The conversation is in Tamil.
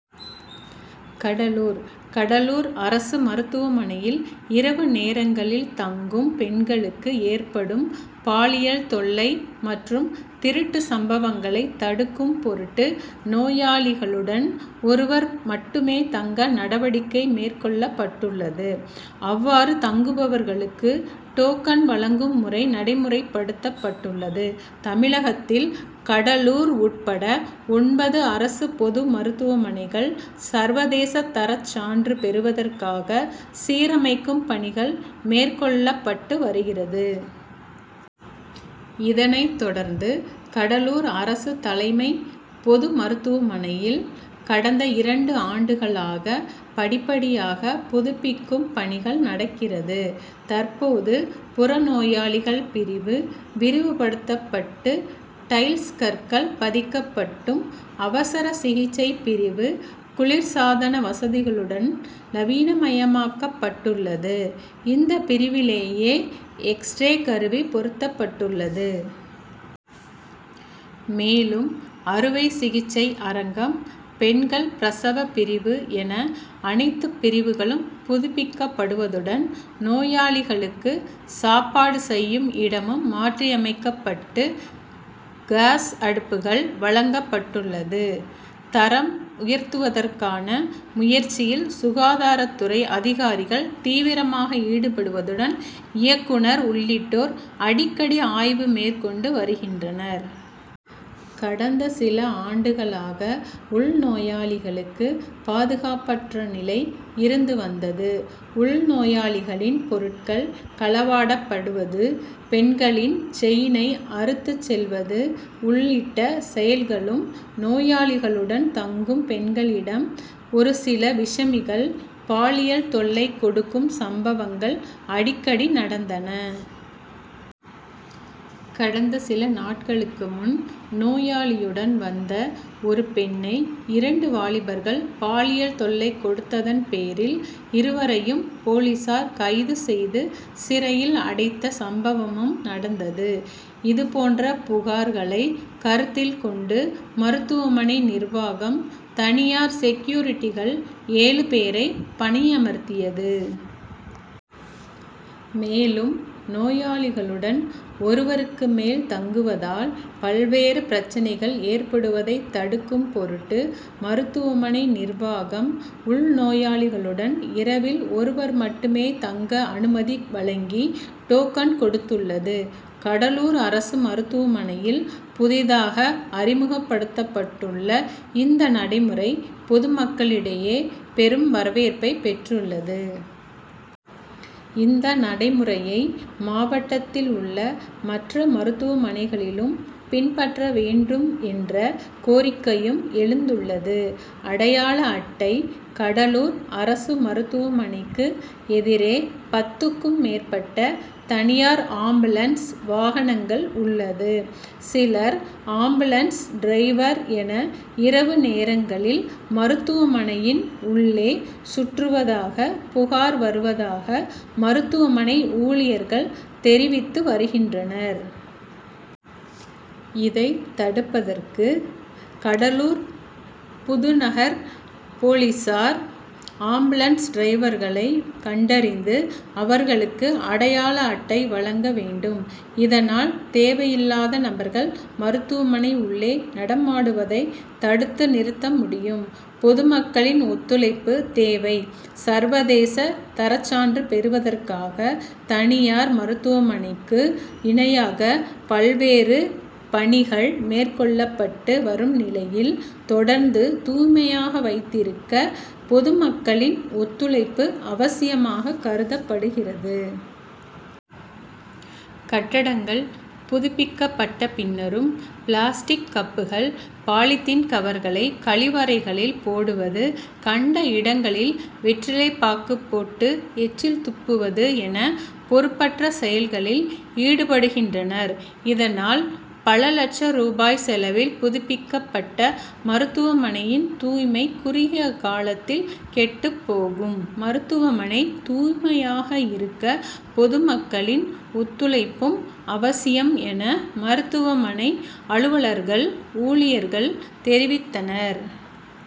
கடலூர் கடலூர் அரசு மருத்துமனையில் இரவு நேரங்களில் தங்கும் பெண்களுக்கு ஏற்படும் பாலியல் தொல்லை, மற்றும் திருட்டு சம்பவங்களை தடுக்கும் பொருட்டு நோயாளிகளுடன் ஒருவர் மட்டுமே தங்க நடவடிக்கை மேற்கொள்ளப் பட்டுள்ளது. அவ்வாறு தங்குபவர்களுக்கு டோக் கன் வழங்கும் முறை நடைமுறைப்படுத்தப் பட்டுள்ளது. தமிழகத்தில் கடலூர் உட்பட ஒன்பது அரசு பொது மருத்துவமனைகள் சர்வதேச தரச்சான்று பெறுவதற்காக சீரமைக்கும் பணிகள் மேற்கொள்ளப் பட்டு வருகிறது. இதனைத் தொடர்ந்து கடலூர் அரசு தலைமை பொது மருத்துமனையில் கடந்த இரண்டு ஆண்டுகளாக படிப்படியாக புதுப்பிக் கும் பணிகள் நடக்கிறது. தற்போது புறநோயாளிகள் பிரிவு விரிவு படுத் தப்பட்டு டைல்ஸ் கற்கள் பதிக்கப்பட்டும், அவசர கிச்சை பிரிவு குளிர்சாதன வசதிகளுடன் நவீனமயமாக்கப்பட்டுள்ளது. இந்த பிரிவிலேயே, எக்ஸ்ரே கருவி பொருத்தப்பட் டுள்ளது. மேலும் அறுவை சிகிச்சை அரங்கம், பெண் கள் பிரவச பிரிவு என அனைத்து பிரிவுகளும் புதுப்பிக்கப்படுவதுடன் நோயாளிகளுக்கு சாப்பாடு செய்யும் இடமும் மாற்றியமைக்கப்பட்டு காஸ் அடுப்புகள் வழங்கப்படவுள்ளது. தரம் உயர்த்துவதற்கான முயற்சியில் சுகாதாரத் துறை அதிகாரிகள் தீவிரமாக ஈடுபடுவதுடன் இயக் குனர் உள்ளிட்டோர் அடிக் கடி ஆய்வு மேற்கொண்டு வருகின்றனர். கடந்த சில ஆண்டுக ளாக உள் நோயாளிகளுக்கு பாதுகாப்பற்ற நிலை இருந்து வந்தது. உள் நோயாளிகளின் பொருட் கள் களவாடப்படுவது, பெண்களின் செயினை அறுத்துச் செல்வது உள் ளிட்ட செயல்களும், நோயா ளிளுடன் தங்கும் பெண்களிடம் ஒரு சில விஷமிகள் பாலியல் தொல்லை கொடுக்கும் சம்பவங்கள் அடிக்கடி நடந்தன. கடந்த சில நாட்களுக்கு முன் நோயாளியுடன் வந்த ஒரு பெண்ணை இரண்டு வாலிபர்கள் பாலியல் தொல்லை கொடுத்ததன் பேரில் இருவரையும் போலீசார் கைது செய்து சிறையில் அடைத்த சம்பவமும் நடந்தது. இது போன்ற புகார் களை கருத்தில் கொண்டு மருத்துவமனை நிர்வாகம் தனியார் செக்யூரிட்டிகள் ஏழு பேரை பணியமர்த்தியது. மேலும் நோயாளிகளுடன் ஒருவருக்கு மேல் தங்குவதால் பல்வேறு பிரச்னைகள் ஏற்படுவதைத் தடுக்கும் பொருட்டு மருத்துவமனை நிர்வாகம் உள் நோயாளிகளுடன் இரவில் ஒருவர் மட்டுமே தங்க அனுமதி வழங்கி டோக்கன் கொடுத்துள்ளது. கடலூர் அரசு மருத்துவமனையில் புதிதாக அறிமுகப்படுத்தப்பட்டுள்ள இந்த நடைமுறை பொதுமக்களிடையே பெரும் வரவேற்பை பெற்றுள்ளது. இந்த நடைமுறையை மாவட்டத்தில் உள்ள மற்ற மருத்துவமனைகளிலும் பின்பற்ற வேண்டும் என்ற கோரிக்கையும் எழுந் துள்ளது. அடையாள அட்டை: கடலூர் அரசு மருத்துவமனைக்கு எதிரே பத்துக்கு மேற்பட்ட தனியார் ஆம்புலன்ஸ் வாகனங்கள் உள் ளது. சிலர் ஆம்புலன்ஸ் டிரைவர் என இரவு நேரங் களில் மருத்துவமனையின் உள்ளே சுற்றுவதாக புகார் வருவதாக மருத்துவமனை ஊழியர்கள் தெரிவித்து வருகின்றனர். இதைத் தடுப்பதற்கு கடலூர் புதுநகர் போலீசார் ஆம்புலன்ஸ் டிரைவர்களை கண்டறிந்து அவர்களுக்கு அடையாள அட்டை வழங்க வேண் டும். இதனால் தேவையில்லாத நபர்கள் மருத்துமனை உள்ளே நடமாடுவதை தடுத்து நிறுத்த முடியும். பொதுமக்களின் ஒத்துழைப்பு தேவை:சர்வதேச தரச்சான்று பெறுவதற்காக தனியார் மருத்துவமனைக்கு இணையாக பல்வேறு பணிகள் மேற்கொள்ளப்பட்டு வரும் நிலையில் தொடர்ந்து தூய்மையாக வைத்திருக்க பொதுமக்களின் ஒத்துழைப்பு அவசியமாக கருதப்படுகிறது. கட்டடங்கள் புதுப்பிக்கப்பட்ட பின்னரும் பிளாஸ்டிக் கப்புகள், பாலித்தீன் கவர்களை கழிவறைகளில் போடுவது, கண்ட இடங்களில் வெற்றிலை பாக்கு போட்டு எச்சில் துப்புவது என பொறுப்பற்ற செயல்களில் ஈடுபடுகின்றனர். இதனால் பல லட்சம் ரூபாய் செலவில் புதுப்பிக்கப்பட்ட மருத்துவமனையின் தூய்மை குறுகிய காலத்தில் கெட்டுப்போகும். மருத்துவமனை தூய்மையாக இருக்க பொதுமக்களின் ஒத்துழைப்பும் அவசியம் என மருத்துவமனை அலுவலர்கள், ஊழியர்கள் தெரிவித்தனர்.